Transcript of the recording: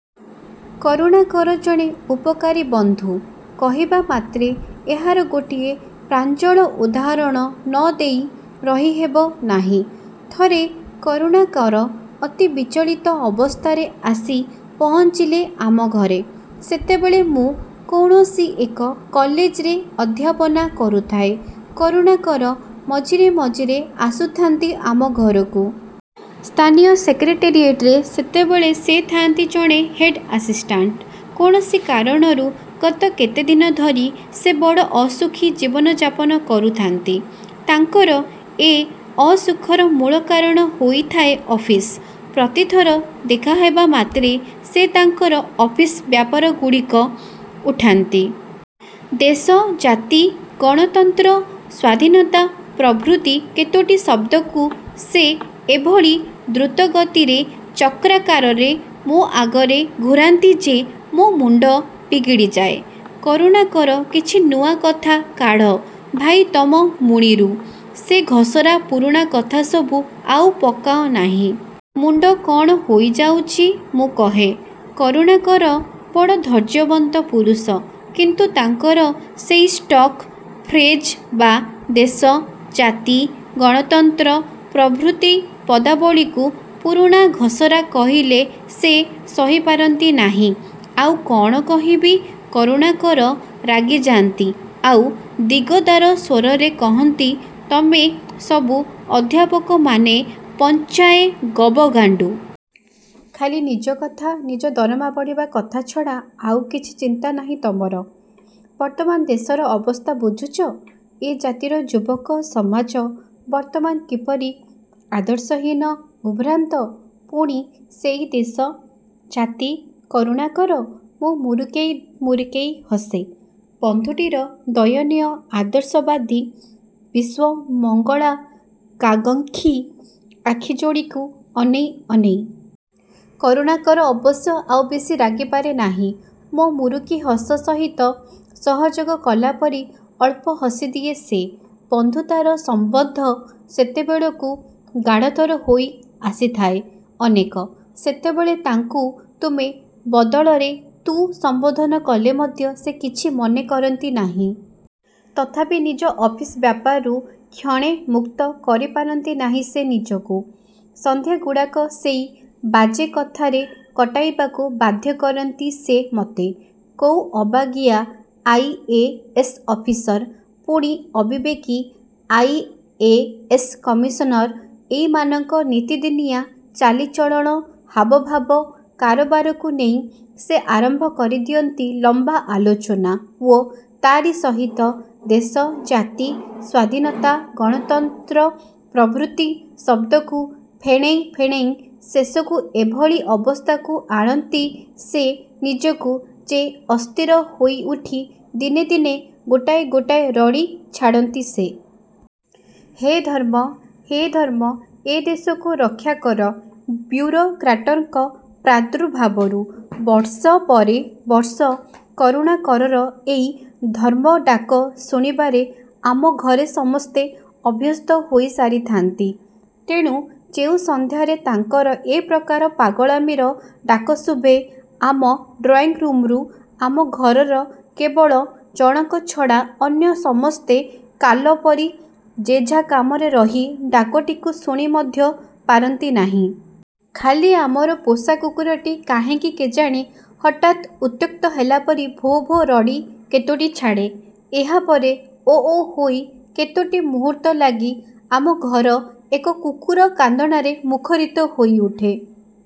କରୁଣାକର ଜଣେ ଉପକାରୀ ବନ୍ଧୁ କହିବା ମାତ୍ରେ ଏହାର ଗୋଟିଏ ପ୍ରାଞ୍ଜଳ ଉଦାହରଣ ନ ଦେଇ ରହିହେବ ନାହିଁ। ଥରେ କରୁଣାକର ଅତି ବିଚଳିତ ଅବସ୍ଥାରେ ଆସି ପହଞ୍ଚିଲେ ଆମ ଘରେ। ସେତେବେଳେ ମୁଁ କୌଣସି ଏକ କଲେଜରେ ଅଧ୍ୟାପନା କରୁଥାଏ। କରୁଣାକର ମଝିରେ ମଝିରେ ଆସୁଥାନ୍ତି ଆମ ଘରକୁ। ସ୍ଥାନୀୟ ସେକ୍ରେଟେରିଏଟରେ ସେତେବେଳେ ସେ ଥାନ୍ତି ଜଣେ ହେଡ ଆସିଷ୍ଟାଣ୍ଟ। କୌଣସି କାରଣରୁ ଗତ କେତେଦିନ ଧରି ସେ ବଡ଼ ଅସୁଖୀ ଜୀବନଯାପନ କରୁଥାନ୍ତି। ତାଙ୍କର ଏ ଅସୁଖର ମୂଳ କାରଣ ହୋଇଥାଏ ଅଫିସ। ପ୍ରତିଥର ଦେଖାହେବା ମାତ୍ରେ ସେ ତାଙ୍କର ଅଫିସ ବ୍ୟାପାରଗୁଡ଼ିକ ଉଠାନ୍ତି। ଦେଶ, ଜାତି, ଗଣତନ୍ତ୍ର, ସ୍ୱାଧୀନତା ପ୍ରଭୃତି କେତୋଟି ଶବ୍ଦକୁ ସେ ଏଭଳି ଦ୍ରୁତଗତିରେ ଚକ୍ରାକାରରେ ମୋ ଆଗରେ ଘୂରାନ୍ତି ଯେ ମୋ ମୁଣ୍ଡ ବିଗିଡ଼ିଯାଏ। କରୁଣାକର, କିଛି ନୂଆ କଥା କାଢ଼ ଭାଇ ତମ ମୁଣିରୁ! ସେ ଘଷରା ପୁରୁଣା କଥା ସବୁ ଆଉ ପକାଅ ନାହିଁ। ମୁଣ୍ଡ କ'ଣ ହୋଇଯାଉଛି, ମୁଁ କହେ। କରୁଣାକର ବଡ଼ ଧୈର୍ଯ୍ୟବନ୍ତ ପୁରୁଷ। କିନ୍ତୁ ତାଙ୍କର ସେଇ ଷ୍ଟକ ଫ୍ରେଜ ବା ଦେଶ, ଜାତି, ଗଣତନ୍ତ୍ର ପ୍ରଭୃତି ପଦାବଳୀକୁ ପୁରୁଣା ଘଷରା କହିଲେ ସେ ସହିପାରନ୍ତି ନାହିଁ। ଆଉ କ'ଣ କହିବି? କରୁଣାକର ରାଗିଯାନ୍ତି ଆଉ ଦିଗଦାର ସ୍ୱରରେ କହନ୍ତି, ତମେ ସବୁ ଅଧ୍ୟାପକମାନେ ପଞ୍ଝାଏ ଗବଗାଣ୍ଡୁ। ଖାଲି ନିଜ କଥା, ନିଜ ଦରମା ବଢ଼ିବା କଥା ଛଡ଼ା ଆଉ କିଛି ଚିନ୍ତା ନାହିଁ ତମର। ବର୍ତ୍ତମାନ ଦେଶର ଅବସ୍ଥା ବୁଝୁଛ? ଏ ଜାତିର ଯୁବକ ସମାଜ ବର୍ତ୍ତମାନ କିପରି ଆଦର୍ଶହୀନ, ଉଦ୍ଭ୍ରାନ୍ତ। ପୁଣି ସେଇ ଦେଶ, ଜାତି, କରୁଣାକର! ମୁଁ ମୁରୁକେଇ ମୁରୁକେଇ ହସେ, ବନ୍ଧୁଟିର ଦୟନୀୟ ଆଦର୍ଶବାଦୀ ବିଶ୍ୱମଙ୍ଗଳାକାଙ୍ଗକ୍ଷୀ ଆଖିଯୋଡ଼ିକୁ ଅନେଇ ଅନେଇ। କରୁଣାକର ଅବଶ୍ୟ ଆଉ ବେଶି ରାଗିପାରେ ନାହିଁ। ମୋ ମୁରୁକି ହସ ସହିତ ସହଯୋଗ କଲା ପରି ଅଳ୍ପ ହସିଦିଏ ସେ। ବନ୍ଧୁତାର ସମ୍ବନ୍ଧ ସେତେବେଳକୁ ଗାଢ଼ତର ହୋଇ ଆସିଥାଏ ଅନେକ। ସେତେବେଳେ ତାଙ୍କୁ ତୁମେ ବଦଳରେ ତୁ ସମ୍ବୋଧନ କଲେ ମଧ୍ୟ ସେ କିଛି ମନେ କରନ୍ତି ନାହିଁ। ତଥାପି ନିଜ ଅଫିସ ବ୍ୟାପାରରୁ କ୍ଷଣେ ମୁକ୍ତ କରିପାରନ୍ତି ନାହିଁ ସେ ନିଜକୁ। ସନ୍ଧ୍ୟାଗୁଡ଼ାକ ସେଇ ବାଜେ କଥାରେ କଟାଇବାକୁ ବାଧ୍ୟ କରନ୍ତି ସେ ମତେ। କୋଉ ଅବାଗିଆ ଆଇ ଏ ଏସ ଅଫିସର, ପୁଣି ଅବିବେକୀ ଆଇ ଏ ଏସ କମିଶନର, ଏଇମାନଙ୍କ ନିତିଦିନିଆ ଚାଲିଚଳଣ, ହାବଭାବ, କାରବାରକୁ ନେଇ ସେ ଆରମ୍ଭ କରିଦିଅନ୍ତି ଲମ୍ବା ଆଲୋଚନା ଓ ତାରି ସହିତ ଦେଶ, ଜାତି, ସ୍ୱାଧୀନତା, ଗଣତନ୍ତ୍ର ପ୍ରଭୃତି ଶବ୍ଦକୁ ଫେଣେଇ ଫେଣେଇ ଶେଷକୁ ଏଭଳି ଅବସ୍ଥାକୁ ଆଣନ୍ତି ସେ ନିଜକୁ ଯେ ଅସ୍ଥିର ହୋଇଉଠି ଦିନେ ଦିନେ ଗୋଟାଏ ଗୋଟାଏ ରଡ଼ି ଛାଡ଼ନ୍ତି ସେ। ହେ ଧର୍ମ! ହେ ଧର୍ମ! ଏ ଦେଶକୁ ରକ୍ଷା କର ବ୍ୟୁରୋକ୍ରାଟଙ୍କ ପ୍ରାଦୁର୍ଭାବରୁ! ବର୍ଷ ପରେ ବର୍ଷ କରୁଣାକରର ଏଇ ଧର୍ମଡାକ ଶୁଣିବାରେ ଆମ ଘରେ ସମସ୍ତେ ଅଭ୍ୟସ୍ତ ହୋଇସାରିଥାନ୍ତି। ତେଣୁ ଯେଉଁ ସନ୍ଧ୍ୟାରେ ତାଙ୍କର ଏ ପ୍ରକାର ପାଗଳାମିର ଡାକ ଶୁଭେ ଆମ ଡ୍ରଇଂରୁମରୁ, ଆମ ଘରର କେବଳ ଜଣକ ଛଡ଼ା ଅନ୍ୟ ସମସ୍ତେ କାଲ ପରି ଯେଝା କାମରେ ରହି ଡାକଟିକୁ ଶୁଣି ମଧ୍ୟ ପାରନ୍ତି ନାହିଁ। ଖାଲି ଆମର ପୋଷା କୁକୁରଟି କାହିଁକି କେଜାଣି ହଠାତ୍ ଉତ୍ତ୍ୟକ୍ତ ହେଲା ପରି ଭୋ ଭୋ ରଡ଼ି କେତୋଟି ଛାଡ଼େ। ଏହାପରେ ଓ ଓ ହୋଇ କେତୋଟି ମୁହୂର୍ତ୍ତ ଲାଗି ଆମ ଘର ଏକ କୁକୁର କାନ୍ଦଣାରେ ମୁଖରିତ ହୋଇଉଠେ।